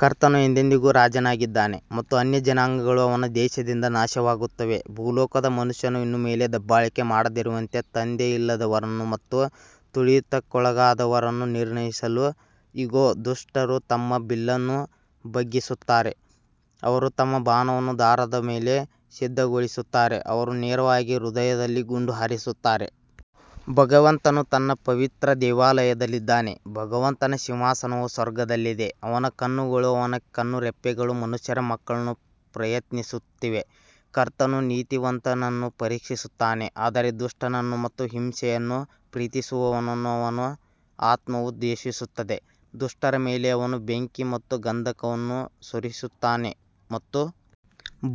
ಕರ್ತನು ಎಂದೆಂದಿಗೂ ರಾಜನಾಗಿದ್ದಾನೆ ಮತ್ತು ಅನ್ಯಜನಾಂಗಗಳು ಅವನ ದೇಶದಿಂದ ನಾಶವಾಗುತ್ತವೆ ಭೂಲೋಕದ ಮನುಷ್ಯನು ಇನ್ನು ಮೇಲೆ ದಬ್ಬಾಳಿಕೆ ಮಾಡದಿರುವಂತೆ ತಂದೆಯಿಲ್ಲದವರನ್ನು ಮತ್ತು ತುಳಿತಕ್ಕೊಳಗಾದವರನ್ನು ನಿರ್ಣಯಿಸಲು ಇಗೋ, ದುಷ್ಟರು ತಮ್ಮ ಬಿಲ್ಲನ್ನು ಬಗ್ಗಿಸುತ್ತಾರೆ, ಅವರು ತಮ್ಮ ಬಾಣವನ್ನು ದಾರದ ಮೇಲೆ ಸಿದ್ಧಗೊಳಿಸುತ್ತಾರೆ, ಅವರು ನೇರವಾಗಿ ಹೃದಯದಲ್ಲಿ ಗುಂಡು ಹಾರಿಸುತ್ತಾರೆ. ಭಗವಂತನು ತನ್ನ ಪವಿತ್ರ ದೇವಾಲಯದಲ್ಲಿದ್ದಾನೆ, ಭಗವಂತನ ಸಿಂಹಾಸನವು ಸ್ವರ್ಗದಲ್ಲಿದೆ, ಅವನ ಕಣ್ಣುಗಳು ಅವನ ಕಣ್ಣುರೆಪ್ಪೆಗಳು ಮನುಷ್ಯರ ಮಕ್ಕಳನ್ನು ಪ್ರಯತ್ನಿಸುತ್ತಿವೆ ಕರ್ತನು ನೀತಿವಂತನನ್ನು ಪರೀಕ್ಷಿಸುತ್ತಾನೆ ಆದರೆ ದುಷ್ಟನನ್ನು ಮತ್ತು ಹಿಂಸೆಯನ್ನು ಪ್ರೀತಿಸುವವನನ್ನು ಅವನ ಆತ್ಮವು ದ್ವೇಷಿಸುತ್ತದೆ ದುಷ್ಟರ ಮೇಲೆ ಅವನು ಬೆಂಕಿ ಮತ್ತು ಗಂಧಕವನ್ನು ಸುರಿಸುತ್ತಾನೆ ಮತ್ತು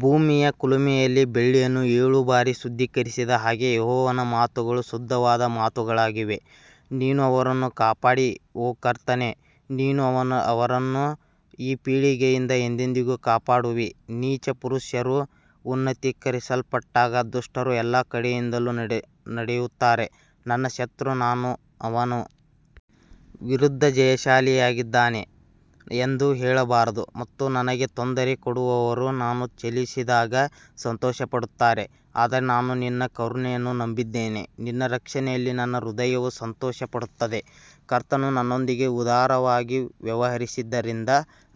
ಭೂಮಿಯ ಕುಲುಮೆಯಲ್ಲಿ ಬೆಳ್ಳಿಯನ್ನು ಏಳು ಬಾರಿ ಶುದ್ಧೀಕರಿಸಿದ ಹಾಗೆ ಯೆಹೋವನ ಮಾತುಗಳು ಶುದ್ಧವಾದ ಮಾತುಗಳಾಗಿವೆ ನೀನು ಅವರನ್ನು ಕಾಪಾಡಿ ಓ ಕರ್ತನೇ, ನೀನು ಅವರನ್ನು ಈ ಪೀಳಿಗೆಯಿಂದ ಎಂದೆಂದಿಗೂ ಕಾಪಾಡುವಿ ನೀಚ ಪುರುಷರು ಉನ್ನತೀಕರಿಸಲ್ಪಟ್ಟಾಗ ದುಷ್ಟರು ಎಲ್ಲಾ ಕಡೆಯಿಂದಲೂ ನಡೆಯುತ್ತಾರೆ ನನ್ನ ಶತ್ರು ನಾನು ಅವನ ವಿರುದ್ಧ ಜಯಶಾಲಿಯಾಗಿದ್ದೇನೆ ಎಂದು ಹೇಳಬಾರದು ಮತ್ತು ನನಗೆ ತೊಂದರೆ ಕೊಡುವವರು ನಾನು ಚಲಿಸಿದಾಗ ಸಂತೋಷಪಡುತ್ತಾರೆ ಆದರೆ ನಾನು ನಿನ್ನ ಕರುಣೆಯನ್ನು ನಂಬಿದ್ದೇನೆ, ನಿನ್ನ ರಕ್ಷಣೆಯಲ್ಲಿ ನನ್ನ ಹೃದಯವು ಸಂತೋಷಪಡುತ್ತದೆ ಕರ್ತನು ನನ್ನೊಂದಿಗೆ ಉದಾರವಾಗಿ ವ್ಯವಹರಿಸಿದ್ದರಿಂದ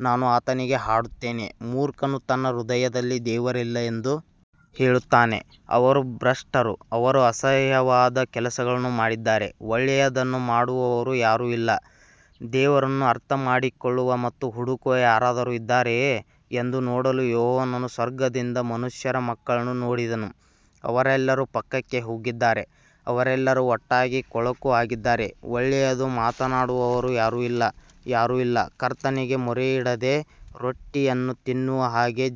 ನಾನು ಆತನಿಗೆ ಹಾಡುತ್ತೇನೆ ಮೂರ್ಖನು ತನ್ನ ಹೃದಯದಲ್ಲಿ ದೇವರಿಲ್ಲ ಎಂದು ಹೇಳುತ್ತಾನೆ ಅವರು ಭ್ರಷ್ಟರು ಅವರು ಅಸಹ್ಯವಾದ ಕೆಲಸಗಳನ್ನು ಮಾಡಿದ್ದಾರೆ ಒಳ್ಳೆಯದನ್ನು ಮಾಡುವವರು ಯಾರೂ ಇಲ್ಲ ದೇವರನ್ನು ಅರ್ಥಮಾಡಿಕೊಳ್ಳುವ ಮತ್ತು ಹುಡುಕುವ ಯಾರಾದರೂ ಇದ್ದಾರೆಯೇ ಎಂದು ನೋಡಲು ಯೆಹೋವನು ಸ್ವರ್ಗದಿಂದ ಮನುಷ್ಯರ ಮಕ್ಕಳನ್ನು ನೋಡಿದನು ಅವರೆಲ್ಲರೂ ಪಕ್ಕಕ್ಕೆ ಹೋಗಿದ್ದಾರೆ ಅವರೆಲ್ಲರೂ ಒಟ್ಟಾಗಿ ಕೊಳಕು ಆಗಿದ್ದಾರೆ ಒಳ್ಳೆಯದು ಮಾಡುವವರು ಯಾರೂ ಇಲ್ಲ ಯಾರೂ ಇಲ್ಲ ಕರ್ತನಿಗೆ ಮೊರೆಯಿಡದೆ ರೊಟ್ಟಿಯನ್ನು ತಿನ್ನುವ ಹಾಗೆ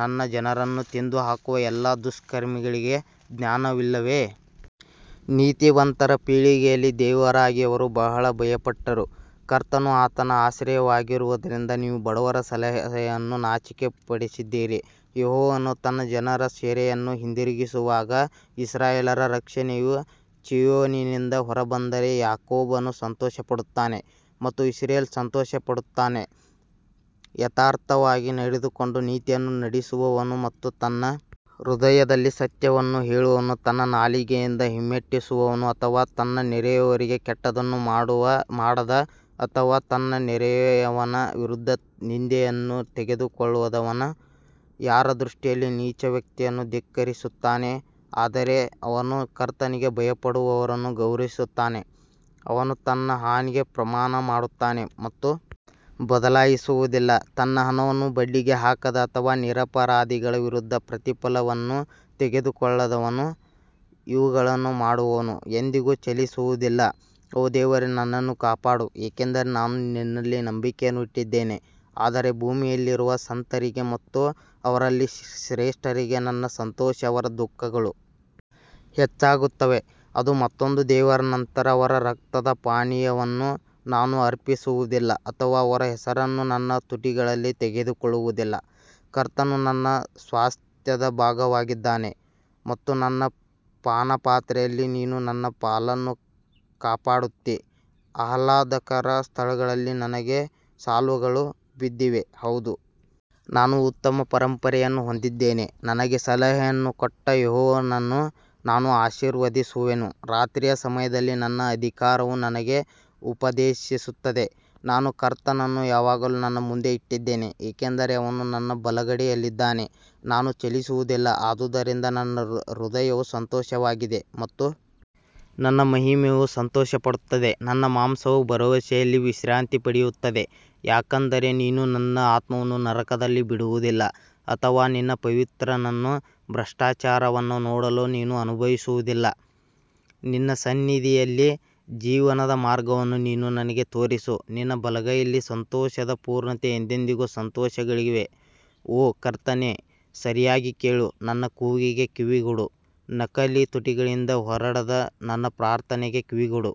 ನನ್ನ ಜನರನ್ನು ತಿಂದುಹಾಕುವ ಎಲ್ಲಾ ದುಷ್ಕರ್ಮಿಗಳಿಗೆ ಜ್ಞಾನವಿಲ್ಲವೇ? ನೀತಿವಂತರ ಪೀಳಿಗೆಯಲ್ಲಿ ದೇವರಾಗಿ ಅವರು ಬಹಳ ಭಯಪಟ್ಟರು ಕರ್ತನು ಆತನ ಆಶ್ರಯವಾಗಿರುವುದರಿಂದ ನೀವು ಬಡವರ ಸಲಹೆಯನ್ನು ನಾಚಿಕೆಪಡಿಸಿದ್ದೀರಿ ಯೆಹೋವನು ತನ್ನ ಜನರ ಸೆರೆಯನ್ನು ಹಿಂದಿರುಗಿಸುವಾಗ ಇಸ್ರಾಯೇಲ್ಯರ ರಕ್ಷಣೆಯು ಚೀಯೋನಿನಿಂದ ಹೊರಬಂದರೆ, ಯಾಕೋಬನು ಸಂತೋಷಪಡುತ್ತಾನೆ ಮತ್ತು ಇಸ್ರೇಲ್ ಸಂತೋಷಪಡುತ್ತಾನೆ. ಯಥಾರ್ಥವಾಗಿ ನಡೆದುಕೊಂಡು ನೀತಿಯನ್ನು ನಡಿಸುವವನು ಮತ್ತು ತನ್ನ ಹೃದಯದಲ್ಲಿ ಸತ್ಯವನ್ನು ಹೇಳುವವನು ತನ್ನ ನಾಲಿಗೆಯಿಂದ ಹಿಮ್ಮೆಟ್ಟಿಸುವವನು ಅಥವಾ ತನ್ನ ನೆರೆಯವರಿಗೆ ಕೆಟ್ಟದ್ದನ್ನು ಮಾಡುವ ಮಾಡದ ಅಥವಾ ತನ್ನ ನೆರೆಯವನ ವಿರುದ್ಧ ನಿಂದೆಯನ್ನು ತೆಗೆದುಕೊಳ್ಳದವನು ಯಾರ ದೃಷ್ಟಿಯಲ್ಲಿ ನೀಚ ವ್ಯಕ್ತಿಯನ್ನು ಧಿಕ್ಕರಿಸುತ್ತಾನೆ ಆದರೆ ಅವನು ಕರ್ತನಿಗೆ ಭಯಪಡುವವರನ್ನು ಗೌರವಿಸುತ್ತಾನೆ, ಅವನು ತನ್ನ ಹಾನಿಗೆ ಪ್ರಮಾಣ ಮಾಡುತ್ತಾನೆ ಮತ್ತು ಬದಲಾಯಿಸುವುದಿಲ್ಲ ತನ್ನ ಹಣವನ್ನು ಬಡ್ಡಿಗೆ ಹಾಕದ ಅಥವಾ ನಿರಪರಾಧಿಗಳ ವಿರುದ್ಧ ಪ್ರತಿಫಲವನ್ನು ತೆಗೆದುಕೊಳ್ಳದವನು ಇವುಗಳನ್ನು ಮಾಡುವವನು ಎಂದಿಗೂ ಚಲಿಸುವುದಿಲ್ಲ ಓ ದೇವರೇ ನನ್ನನ್ನು ಕಾಪಾಡು ಏಕೆಂದರೆ ನಾನು ನಿನ್ನಲ್ಲಿ ನಂಬಿಕೆ ಇಟ್ಟಿದ್ದೇನೆ ಆದರೆ ಭೂಮಿಯಲ್ಲಿರುವ ಸಂತರಿಗೆ ಮತ್ತು ಅವರಲ್ಲಿ ಶ್ರೇಷ್ಠರಿಗೆ ನನ್ನ ಸಂತೋಷ ಅವರ ದುಃಖಗಳು ಹೆಚ್ಚಾಗುತ್ತವೆ, ಅದು ಮತ್ತೊಂದು ದೇವರ ನಂತರ ಅವರ ರಕ್ತದ ಪಾನೀಯವನ್ನು ನಾನು ಅರ್ಪಿಸುವುದಿಲ್ಲ ಅಥವಾ ಅವರ ಹೆಸರನ್ನು ನನ್ನ ತುಟಿಗಳಲ್ಲಿ ತೆಗೆದುಕೊಳ್ಳುವುದಿಲ್ಲ ಕರ್ತನು ನನ್ನ ಸ್ವಾಸ್ತ್ಯದ ಭಾಗವಾಗಿದ್ದಾನೆ ಮತ್ತು ನನ್ನ ಪಾನಪಾತ್ರೆಯಲ್ಲಿ ನೀನು ನನ್ನ ಪಾಲನ್ನು ಕಾಪಾಡುತ್ತೀ ಆಹ್ಲಾದಕರ ಸ್ಥಳಗಳಲ್ಲಿ ನನಗೆ ಸಾಲುಗಳು ಬಿದ್ದಿವೆ, ಹೌದು ನಾನು ಉತ್ತಮ ಪರಂಪರೆಯನ್ನು ಹೊಂದಿದ್ದೇನೆ ನನಗೆ ಸಲಹೆಯನ್ನು ಕೊಟ್ಟ ಯೆಹೋವನನ್ನು ನಾನು ಆಶೀರ್ವದಿಸುವೆನು, ರಾತ್ರಿಯ ಸಮಯದಲ್ಲಿ ನನ್ನ ಅಧಿಕಾರವು ನನಗೆ ಉಪದೇಶಿಸುತ್ತದೆ ನಾನು ಕರ್ತನನ್ನು ಯಾವಾಗಲೂ ನನ್ನ ಮುಂದೆ ಇಟ್ಟಿದ್ದೇನೆ ಏಕೆಂದರೆ ಅವನು ನನ್ನ ಬಲಗಡೆಯಲ್ಲಿದ್ದಾನೆ, ನಾನು ಚಲಿಸುವುದಿಲ್ಲ ಆದುದರಿಂದ ನನ್ನ ಹೃದಯವು ಸಂತೋಷವಾಗಿದೆ ಮತ್ತು ನನ್ನ ಮಹಿಮೆಯು ಸಂತೋಷಪಡುತ್ತದೆ ನನ್ನ ಮಾಂಸವು ಭರವಸೆಯಲ್ಲಿ ವಿಶ್ರಾಂತಿ ಪಡೆಯುತ್ತದೆ ಯಾಕಂದರೆ ನೀನು ನನ್ನ ಆತ್ಮವನ್ನು ನರಕದಲ್ಲಿ ಬಿಡುವುದಿಲ್ಲ ಅಥವಾ ನಿನ್ನ ಪವಿತ್ರನನ್ನು ಭ್ರಷ್ಟಾಚಾರವನ್ನು ನೋಡಲು ನೀನು ಅನುಭವಿಸುವುದಿಲ್ಲ ನಿನ್ನ ಸನ್ನಿಧಿಯಲ್ಲಿ ಜೀವನದ ಮಾರ್ಗವನ್ನು ನೀನು ನನಗೆ ತೋರಿಸು ನಿನ್ನ ಬಲಗೈಯಲ್ಲಿ ಸಂತೋಷದ ಪೂರ್ಣತೆ ಎಂದೆಂದಿಗೂ ಸಂತೋಷಗಳಿವೆ ಓ ಕರ್ತನೇ ಸರಿಯಾಗಿ ಕೇಳು ನನ್ನ ಕೂಗಿಗೆ ಕಿವಿಗೊಡು, ನಕಲಿ ತುಟಿಗಳಿಂದ ಹೊರಡದ ನನ್ನ ಪ್ರಾರ್ಥನೆಗೆ ಕಿವಿಗೊಡು.